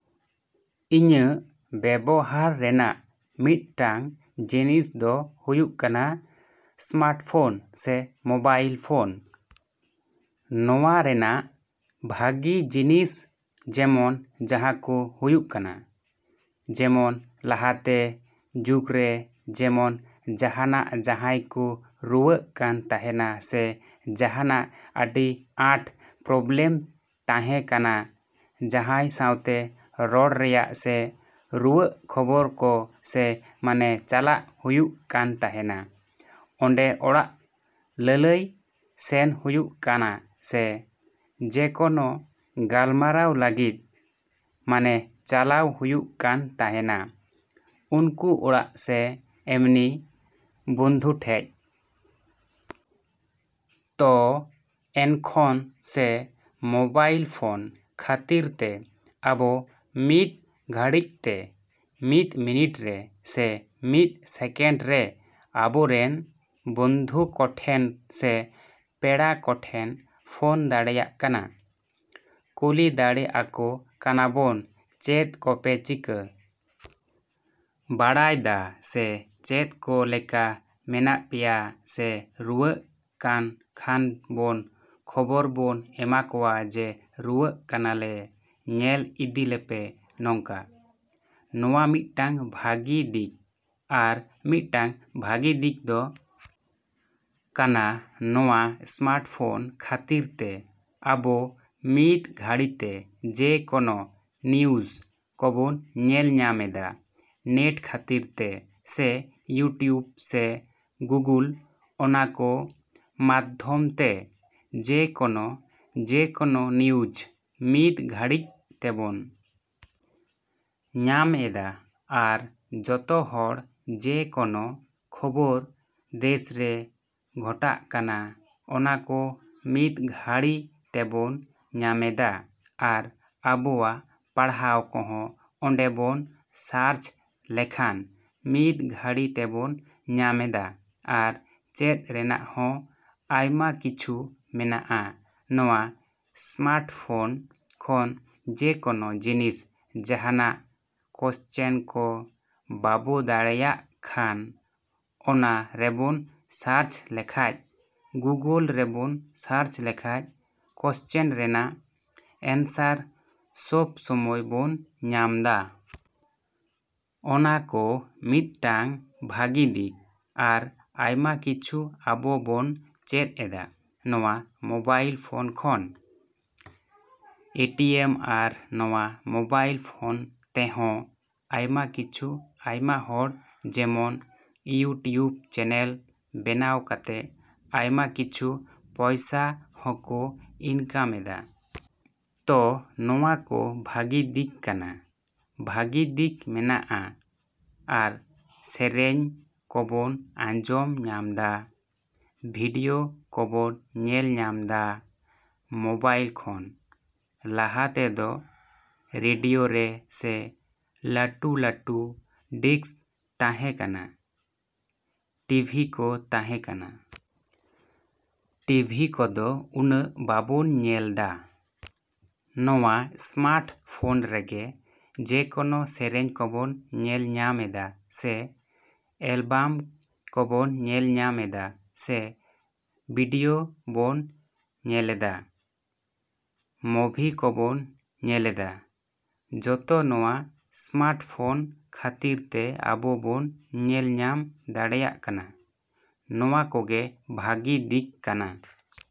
‎ᱤᱧᱟᱹᱜ ᱵᱮᱵᱚᱦᱟᱨ ᱨᱮᱱᱟᱜ ᱢᱤᱫᱴᱟᱝ ᱡᱤᱱᱤᱥ ᱫᱚ ᱦᱩᱭᱩᱜ ᱠᱟᱱᱟ ᱥᱢᱟᱨᱴᱯᱷᱳᱱ ᱥᱮ ᱢᱳᱵᱟᱭᱤᱞ ᱯᱷᱳᱱ᱾ ᱱᱚᱣᱟ ᱨᱮᱱᱟᱜ ᱵᱷᱟᱹᱜᱤ ᱡᱤᱱᱤᱥ ᱡᱮᱢᱚᱱ ᱡᱟᱦᱟᱸ ᱠᱚ ᱦᱩᱭᱩᱜ ᱠᱟᱱᱟ, ᱡᱮᱢᱚᱱ ᱞᱟᱦᱟᱛᱮ ᱡᱩᱜᱽᱨᱮ ᱡᱮᱢᱚᱱ ᱡᱟᱦᱟᱸᱱᱟᱜ ᱡᱟᱦᱟᱸᱭ ᱠᱚ ᱨᱩᱣᱟᱹᱜ ᱠᱟᱱ ᱛᱟᱦᱮᱸᱱᱟ ᱥᱮ ᱡᱟᱦᱟᱸᱱᱟᱜ ᱟᱹᱰᱤ ᱟᱸᱴ ᱯᱨᱚᱵᱮᱞᱮᱢ ᱛᱟᱸᱦᱮ ᱠᱟᱱᱟ, ᱡᱟᱸᱦᱟᱭ ᱥᱟᱣᱛᱮ ᱨᱚᱲ ᱨᱮᱱᱟᱜ ᱥᱮ ᱨᱩᱣᱟᱹᱜ ᱠᱷᱚᱵᱚᱨ ᱠᱚ ᱥᱮ ᱢᱟᱱᱮ ᱪᱟᱞᱟᱜ ᱦᱩᱭᱩᱜ ᱠᱟᱱ ᱛᱟᱸᱦᱮᱱᱟ ᱚᱸᱰᱮ ᱚᱲᱟᱜ ᱞᱟᱹᱞᱟᱹᱭ ᱥᱮᱱ ᱦᱩᱭᱩᱜ ᱠᱟᱱᱟ ᱥᱮ ᱡᱮᱠᱳᱱᱳ ᱜᱟᱞᱢᱟᱨᱟᱣ ᱞᱟᱹᱜᱤᱫ ᱢᱟᱱᱮ ᱪᱟᱞᱟᱣ ᱦᱩᱭᱩᱜ ᱠᱟᱱ ᱛᱟᱦᱮᱸᱱᱟ ᱩᱱᱠᱩ ᱚᱲᱟᱜ ᱥᱮ ᱮᱢᱱᱤ ᱵᱚᱱᱫᱷᱩ ᱴᱷᱮᱡ᱾ ᱛᱳ ᱮᱠᱷᱚᱱ ᱥᱮ ᱢᱳᱵᱟᱭᱤᱞ ᱯᱷᱳᱱ ᱠᱷᱟᱹᱛᱤᱨ ᱛᱮ ᱟᱵᱚ ᱢᱤᱫ ᱜᱷᱟᱹᱲᱤᱡᱛᱮ ᱢᱤᱫ ᱢᱤᱱᱤᱴ ᱨᱮ ᱥᱮ ᱢᱤᱫ ᱥᱮᱠᱮᱱᱰ ᱨᱮ ᱟᱵᱚ ᱨᱮᱱ ᱵᱚᱱᱫᱷᱩ ᱠᱚᱴᱷᱮᱱ ᱥᱮ ᱯᱮᱲᱟ ᱠᱚᱴᱷᱮᱱ ᱯᱷᱳᱱ ᱫᱟᱲᱮᱭᱟᱜ ᱠᱟᱱᱟ, ᱠᱩᱞᱤ ᱫᱟᱲᱮ ᱟᱠᱚ ᱠᱟᱱᱟ ᱵᱚᱱ ᱪᱮᱫ ᱠᱚᱯᱮ ᱪᱤᱠᱟ. ᱵᱟᱲᱟᱭ ᱫᱟ ᱥᱮ ᱪᱮᱫ ᱠᱚ ᱞᱮᱠᱟ ᱢᱮᱱᱟᱜ ᱯᱮᱭᱟ ᱥᱮ ᱨᱩᱣᱟᱹᱜ ᱠᱟᱱ ᱠᱷᱟᱱ ᱵᱚᱱ ᱠᱷᱚᱵᱚᱨ ᱵᱚᱱ ᱮᱢᱟ ᱠᱚᱣᱟ ᱡᱮ ᱨᱩᱣᱟᱹᱜ ᱠᱟᱱᱟᱞᱮ ᱧᱮᱞ ᱤᱫᱤ ᱞᱮᱯᱮ ᱱᱚᱝᱠᱟ᱾ ᱱᱚᱣᱟ ᱢᱤᱫᱴᱟᱹᱝ ᱵᱷᱟᱹᱜᱤ ᱫᱤᱠ᱾ ᱟᱨ ᱢᱤᱫᱴᱟᱹᱝ ᱵᱷᱟᱹᱜᱤ ᱫᱤᱠ ᱫᱚ ᱠᱟᱱᱟ ᱱᱚᱣᱟ ᱥᱢᱟᱨᱴ ᱯᱷᱳᱱ ᱠᱷᱟᱹᱛᱤᱨ ᱛᱮ ᱟᱵᱚ ᱢᱤᱫᱽ ᱜᱷᱟᱹᱲᱤᱛᱮ ᱡᱮ ᱠᱳᱱᱳ ᱱᱤᱭᱩᱥ ᱠᱚᱵᱚᱱ ᱧᱮᱞ ᱧᱟᱢ ᱮᱫᱟ ᱱᱮᱴ ᱠᱷᱟᱹᱛᱤᱨ ᱛᱮ ᱥᱮ ᱤᱭᱩᱴᱩᱵ ᱥᱮ ᱜᱩᱜᱳᱞ ᱚᱱᱟ ᱠᱚ ᱢᱟᱫᱽᱫᱷᱚᱢ ᱛᱮ ᱡᱮᱠᱳᱱᱳ ᱡᱮᱠᱳᱱᱳ ᱱᱤᱭᱩᱡ ᱢᱤᱫ ᱜᱷᱟᱹᱲᱤᱡ ᱛᱮᱵᱚᱱ ᱧᱟᱢ ᱮᱫᱟ ᱟᱨ ᱡᱚᱛᱚ ᱦᱚᱲ ᱡᱮᱠᱳᱱᱳ ᱠᱷᱚᱵᱚᱨ ᱫᱮᱥᱨᱮ ᱜᱷᱚᱴᱟᱜ ᱠᱟᱱᱟ ᱚᱱᱟ ᱠᱚ ᱢᱤᱫ ᱜᱷᱟᱹᱲᱤ ᱛᱮᱵᱚᱱ ᱧᱟᱢᱮᱫᱟ ᱟᱨ ᱟᱵᱚᱣᱟᱜ ᱯᱟᱲᱦᱟᱣ ᱠᱚᱦᱚᱸ ᱚᱸᱰᱮ ᱵᱚᱱ ᱥᱟᱨᱪ ᱞᱮᱠᱷᱟᱱ ᱢᱤᱫ ᱜᱷᱟᱹᱲᱤ ᱛᱮᱵᱚᱱ ᱧᱟᱢ ᱮᱫᱟ ᱟᱨ ᱪᱮᱫ ᱨᱮᱱᱟᱜ ᱦᱚᱸ ᱟᱭᱢᱟ ᱠᱤᱪᱷᱩ ᱢᱮᱱᱟᱜᱼᱟ ᱱᱚᱣᱟ ᱮᱥᱢᱟᱨᱴ ᱯᱷᱳᱱ ᱠᱷᱚᱱ ᱡᱮ ᱠᱳᱱᱳ ᱡᱤᱱᱤᱥ ᱡᱟᱦᱟᱸᱱᱟᱜ ᱠᱚᱥᱪᱮᱱ ᱠᱚ ᱵᱟᱵᱚ ᱫᱟᱲᱮᱭᱟᱜ ᱠᱷᱟᱱ ᱚᱱᱟ ᱨᱮᱵᱚᱱ ᱥᱟᱨᱪ ᱞᱮᱠᱷᱟᱡ ᱜᱩᱜᱳᱞ ᱨᱮᱵᱚᱱ ᱥᱟᱨᱪ ᱞᱮᱠᱷᱟᱡ ᱠᱚᱥᱪᱮᱱ ᱨᱮᱱᱟᱜ ᱮᱱᱥᱟᱨ ᱥᱚᱵ ᱥᱚᱢᱚᱭ ᱵᱚᱱ ᱧᱟᱢᱫᱟ᱾ ᱚᱱᱟ ᱠᱚ ᱢᱤᱫᱴᱟᱝ ᱵᱷᱟᱹᱜᱤ ᱫᱤᱠ ᱟᱨ ᱟᱭᱢᱟ ᱠᱤᱪᱷᱩ ᱟᱵᱚ ᱵᱚᱱ ᱪᱮᱫ ᱮᱫᱟ ᱱᱚᱣᱟ ᱢᱳᱵᱟᱭᱤᱞ ᱯᱷᱳᱱ ᱠᱷᱚᱱ᱾ ᱮᱴᱤᱭᱮᱢ ᱟᱨ ᱱᱚᱣᱟ ᱢᱳᱵᱟᱭᱤᱞ ᱯᱷᱳᱱ ᱛᱮᱦᱚᱸ ᱟᱭᱢᱟ ᱠᱤᱪᱷᱩ ᱟᱭᱢᱟ ᱦᱚᱲ ᱡᱮᱢᱚᱱ ᱤᱭᱩᱴᱩᱵᱽ ᱪᱮᱱᱮᱞ ᱵᱮᱱᱟᱣ ᱠᱟᱛᱮᱫ ᱟᱭᱢᱟ ᱠᱤᱪᱷᱩ ᱯᱚᱭᱥᱟ ᱦᱚᱸᱠᱚ ᱤᱱᱠᱟᱢ ᱮᱫᱟ᱾ ᱛᱳ ᱱᱚᱣᱟ ᱠᱚ ᱵᱷᱟᱹᱜᱤ ᱫᱤᱠ ᱠᱟᱱᱟ, ᱵᱷᱟᱹᱜᱤ ᱫᱤᱠ ᱢᱮᱱᱟᱜᱼᱟ᱾ ᱟᱨ ᱥᱮᱨᱮᱧ ᱠᱚᱵᱚᱱ ᱟᱸᱡᱚᱢ ᱧᱟᱢᱫᱟ, ᱵᱷᱤᱰᱭᱳ ᱠᱚᱵᱚᱱ ᱧᱮᱞ ᱧᱟᱢ ᱫᱟ ᱢᱳᱵᱟᱭᱤᱞ ᱠᱷᱚᱱ᱾ ᱞᱟᱦᱟ ᱛᱮᱫᱚ ᱨᱮᱰᱤᱭᱳ ᱨᱮ ᱥᱮ ᱞᱟᱹᱴᱩ ᱞᱟᱹᱴᱩ ᱰᱤᱥᱠ ᱛᱟᱸᱦᱮ ᱠᱟᱱᱟ, ᱴᱤᱵᱷᱤ ᱠᱚ ᱛᱟᱸᱦᱮ ᱠᱟᱱᱟ᱾ ᱴᱤᱵᱷᱤ ᱠᱚᱫᱚ ᱩᱱᱟᱹᱜ ᱵᱟᱵᱚᱱ ᱧᱮᱞᱫᱟ᱾ ᱱᱚᱣᱟ ᱥᱢᱟᱨᱴ ᱯᱷᱳᱱ ᱨᱮᱜᱮ ᱡᱮᱠᱳᱱᱳ ᱥᱮᱨᱮᱧ ᱠᱚᱵᱚᱱ ᱧᱮᱞ ᱧᱟᱢ ᱮᱫᱟ ᱥᱮ ᱮᱞᱵᱟᱢ ᱠᱚᱵᱚᱱ ᱧᱮᱞ ᱧᱟᱢ ᱮᱫᱟ ᱥᱮ ᱵᱷᱤᱰᱭᱳ ᱵᱚᱱ ᱧᱮᱞᱮᱫᱟ, ᱢᱳᱵᱷᱤ ᱠᱚᱵᱚᱱ ᱧᱮᱞᱮᱫᱟ᱾ ᱡᱚᱛᱚ ᱱᱚᱣᱟ ᱥᱢᱟᱨᱴ ᱯᱷᱳᱱ ᱠᱷᱟᱹᱛᱤᱨ ᱛᱮ ᱟᱵᱚ ᱵᱚᱱ ᱧᱮᱞ ᱧᱟᱢ ᱫᱟᱲᱮᱭᱟᱜ ᱠᱟᱱᱟ᱾ ᱱᱚᱣᱟ ᱠᱚᱜᱮ ᱵᱷᱟᱹᱜᱤ ᱫᱤᱠ ᱠᱟᱱᱟ᱾।